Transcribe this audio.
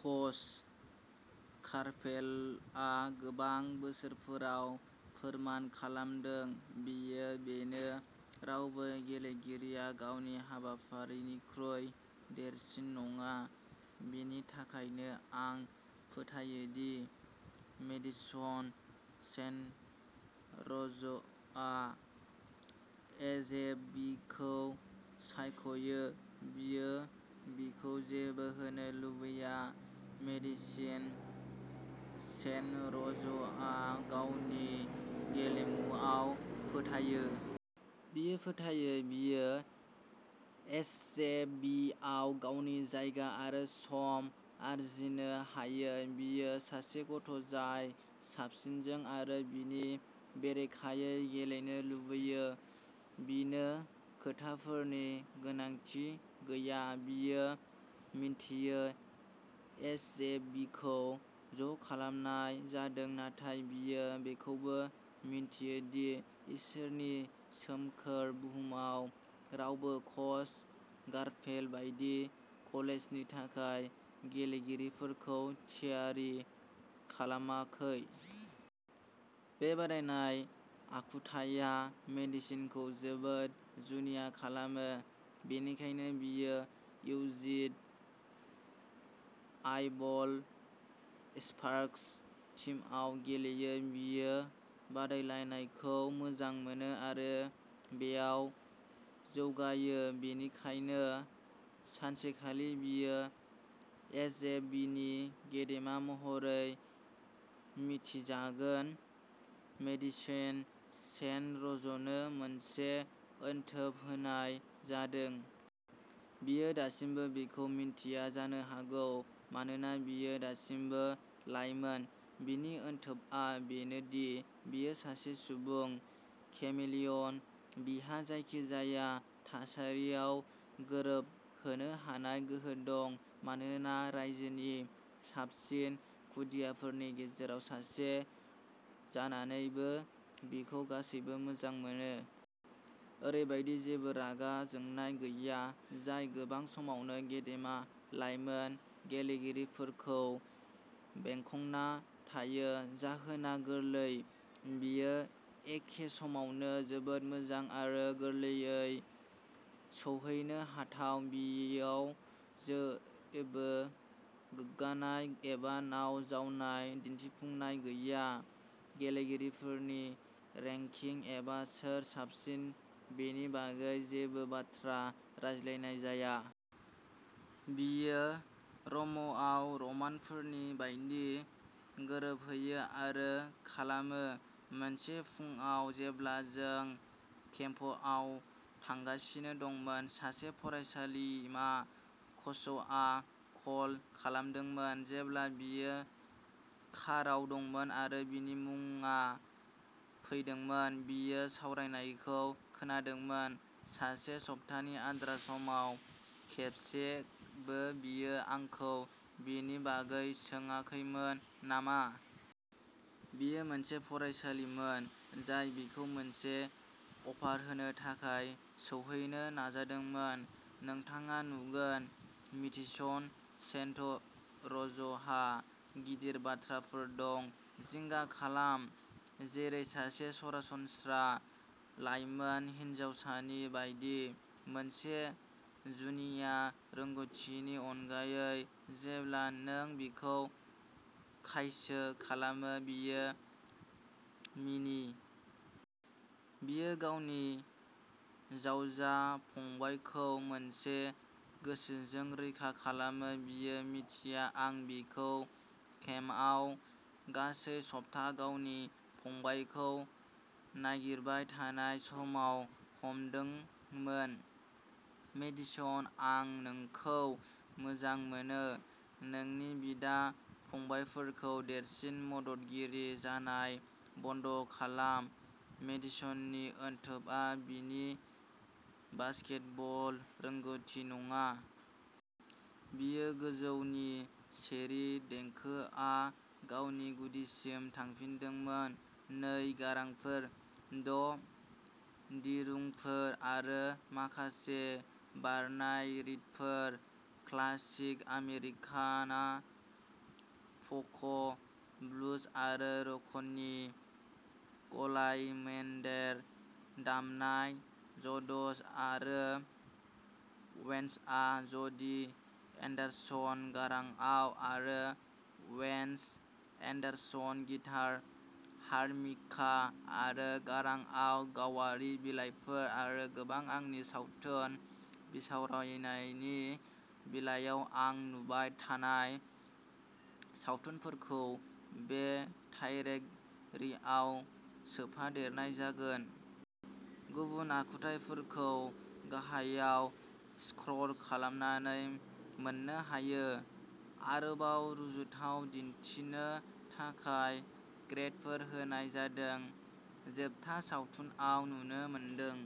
कच कार्पेलआ गोबां बोसोरफोराव फोरमान खालामदों बेयो बेनो, रावबो गेलेगिरिया गावनि हाबाफारिनिख्रुइ देरसिन नङा। बेनि थाखायनो आं फोथायो दि मेडिसन सेन्ट र'जआ एसजेभिखौ सायख'यो। बियो बिखौ जेबो होनो लुबैया। मेडिसन सेन्ट र'जआ गावनि गेलेमुआव फोथायो। बियो फोथायो, बियो एसजेभिआव गावनि जायगा आरो सम आरजिनो हायो। बियो सासे गथ'जाय साबसिनजों आरो बिनि बेरेखायै गेलेनो लुबैयो। बिनो खोथाफोरनि गोनांथि गैया, बियो मिन्थियो एसजेभिखौ ज'खालामनाय जादों, नाथाय बियो बेखौबो मिन्थियो दि इसोरनि सोमखोर बुहुमाव रावबो कच कार्पेल बायदि कलेजनि थाखाय गेलेगिरिफोरखौ थियारि खालामाखै। बे बादायनाय आखुथाइया मेडिसनखौ जोबोद जुनिया खालामो। बेनिखायनो बियो इउ जिद आइबल स्पार्क्स टीमआव गेलेयो। बियो बादायलायनायखौ मोजां मोनो आरो बेयाव जौगायो। बेनिखायनो सानसेखालि बियो एसजेभिनि गेदेमा महरै मिथिजागोन। मेडिसेन सेन्ट र'जनो मोनसे अनथोब होनाय जादों। बियो दासिमबो बेखौ मिन्थिया जानो हागौ मानोना बियो दासिमबो लाइमोन। बिनि अनथोबआ बेनो दि बियो सासे सुबुं केमिलियन। बिहा जायखिजाया थासारियाव गोरोबहोनो हानाय गोहो दं। मानोना रायजोनि साबसिन खुदियाफोरनि गेजेराव सासे जानानैबो, बिखौ गासैबो मोजां मोनो। ओरैबायदि जेबो रागा जोंनाय गैया जाय गोबां समावनो गेदेमा लाइमोन गेलेगिरिफोरखौ बेंखनना थायो। जाहोना गोरलै, बियो एखे समावनो जोबोद मोजां आरो गोरलैयै सौहैनो हाथाव। बेयाव जेबो गोग्गानाय एबा नाव जावनाय दिन्थिफुंनाय गैया। गेलेगिरिफोरनि रेंकिं एबा सोर साबसिन बेनि बागै जेबो बाथ्रा रायज्लायनाय जाया। बियो र'मआव रमानफोरनि बायदि गोरोबहोयो आरो खालामो। मोनसे फुंआव जेब्ला जों केम्प'आव थांगासिनो दंमोन। सासे फरायसालिमा कच'आ कल खालामदोंमोन जेब्ला बियो काराव दंमोन आरो बिनि मुङा फैदोंमोन। बियो सावरायनायखौ खोनादोंमोन आरो सप्तानि आद्रा समाव खेबसेबो, बियो आंखौ बेनि बागै सोङाखैमोन नामा। बेयो मोनसे फरायसालिमोन जाय बिखौ मोनसे अफार होनो थाखाय सौहैनो नाजादोंमोन। नोंथाङा नुगोन मेडिसन सेन्ट र'जहा गिदिर बाथ्राफोर दं। जिंगा खालाम जेरै सासे सरासनस्रा लाइमोन हिनजावसानि बायदि, मोनसे जुनिया रोंग'थिनि अनगायै। जेब्ला नों बिखौ खायसो खालामो, बियो मिनि। बियो गावनि जावजा फंबायखौ मोनसे गोसोजों रैखा खालामो, बियो मिथिया, आं बिखौ केम्पआव गासै सप्ता गावनि फंबायखौ नागिरबाय थानाय समाव हमदोंमोन। मेडिसन आं नोंखौ मोजां मोनो। नोंनि बिदा-फंबायफोरखौ देरसिन मददगिरि जानाय बन्द'खालाम। मेडिसननि अनथोबआ बिनि बास्केटबल रोंग'थि नङा। बेयो गोजौनि चेरि। देंखोआ गावनि गुदिसिम थांफिनदोंमोन नै गारांफोर द' दिरुंफोर आरो माखासे बारनाय रिडफोर। क्लासिक आमेरिकाना फक', ब्लुज आरो रकनि गलायमोन्देर दामनाय। जड'स आरो वेन्सआ ज'डि एन्डारसन, गारांआव, आरो वेन्स एन्डारसन गिटार, हारमनिका आरो गारांआव गावारि बिलाइफोर आरो गोबां आंनि सावथुन बिसावरायनायनि बिलाइयाव आं नुबाय थानाय सावथुनफोरखौल'बे थाइरेक्ट'रिआव सोफादेरनाय जागोन। गुबुन आखुथायफोरखौ गाहायाव स्क्रल खालामनानै मोननो हायो। आरोबाव रुजुथाव दिन्थिनो थाखाय ग्रेदफोर होनाय जादों। जोबथा सावथुनआव नुनो मोनदों।